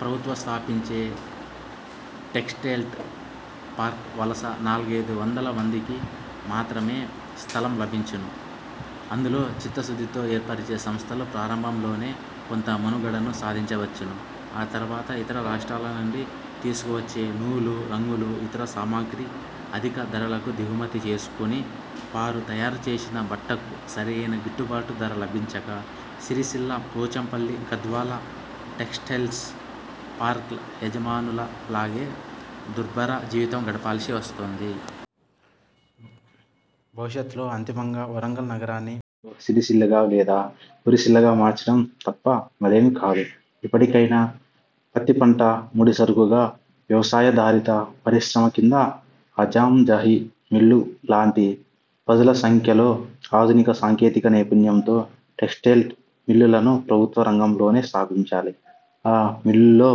ప్రభుత్వం స్థాపించే textile park వలస నాలుగైదు వందల మందికి మాత్రమే స్థలం లభించవచ్చును. అందులో చిత్తశుద్ధితో ఏర్పరచే సంస్థలు ప్రారంభంలో కొంత మనుగడను సాధించవచ్చును. ఆ తర్వాత ఇతర రాష్ట్రాల నుండి తీసుకువచ్చే నూలు, రంగులు, ఇతర సామాగ్రి అధిక ధరలకు దిగుమతి చేసుకుని, వారు తయారు చేసిన బట్టకు సరియైన గిట్టుబాటు ధర లభించక సిరిసిల్ల, పోచంపల్లి, గద్వాల టెక్స్టైల్స్ పార్క్ల యజమానుల లాగే దుర్భర జీవితం గడపాల్సి వస్తుంది. భవిష్యత్లో అంతిమంగా వరంగల్ నగరాన్ని మరో సిరిసిల్లగా లేదా ఉరిసిల్లగా మార్చడం తప్ప మరేమీ కాదు. ఇప్పటికైనా పత్తిపంట ముడి సరుకుగా వ్యవసాయాధారిత పరిశ్రమ కింద ఆజాంజాహి మిల్లు లాంటి పదుల సంఖ్యలో ఆధునిక సాంకేతిక నైపుణ్యంతో టెక్స్టైల్ మిల్లులను ప్రభుత్వ రంగంలోనే స్థాపించాలి. ఆ మిల్లుల్లో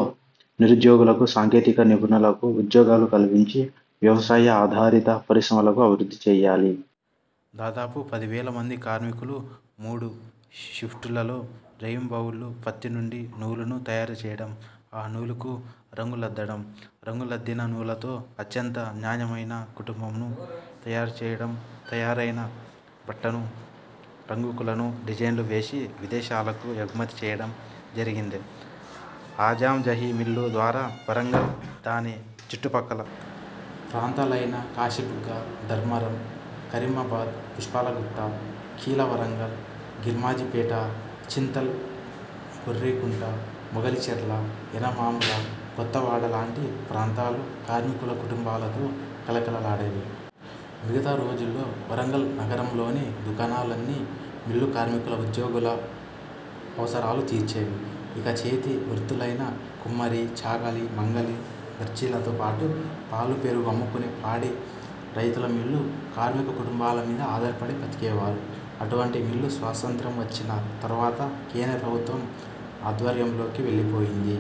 నిరుద్యోగులకు, సాంకేతిక నిపుణులకు ఉద్యోగాలు కల్పించి వ్యవసాయ ఆధారిత పరిశ్రమలను అభివృద్ధి చేయాలి. దాదాపు పదివేల మంది కార్మికులు మూడు షిప్టులలో రేయింబవళ్ళు పత్తి నుండి నూలును తయారు చేయడం, ఆ నూలుకు రంగులద్దడం, రంగులద్దిన నూలుతో అత్యంత నాణ్యమయిన బట్టను తయారు చేయడం, తయారైన బట్టను రంగురంగుల డిజైన్లు వేసి విదేశాలకు ఎగుమతి చేయడం జరిగింది. ఆజాంజాహి మిల్లు ద్వారా వరంగల్, దాని చుట్టుపక్కల ప్రాంతాలయిన కాశిబుగ్గ, ధర్మారం, కరీమాబాద్, పుష్పాలగుట్ట, ఖీలా వరంగల్, గిర్మాజిపేట, చింతల్, గొర్రెకుంట, మొగిలిచర్ల, ఎనమాముల, కొత్తవాడ లాంటి ప్రాంతాలు కార్మికుల కుటుంబాలతో కళకళలాడేవి. మిగతా రోజుల్లో వరంగల్ నగరంలోని దుకాణాలన్నీ మిల్లు కార్మికుల, ఉద్యోగుల అవసరాలు తీర్చేవి. ఇక చేతి వృత్తులయిన కుమ్మరి, చాకలి, మంగలి, దర్జీలతో పాటు, పాలు, పెరుగు అమ్ముకునే పాడి రైతులు మిల్లు కార్మిక కుటుంబాల మీద ఆధారపడి బతికేవారు. అటువంటి మిల్లు స్వాతంత్య్రం వచ్చిన తర్వాత కేంద్ర ప్రభుత్వ ఆధ్వర్యంలోకి వెళ్ళిపోయింది.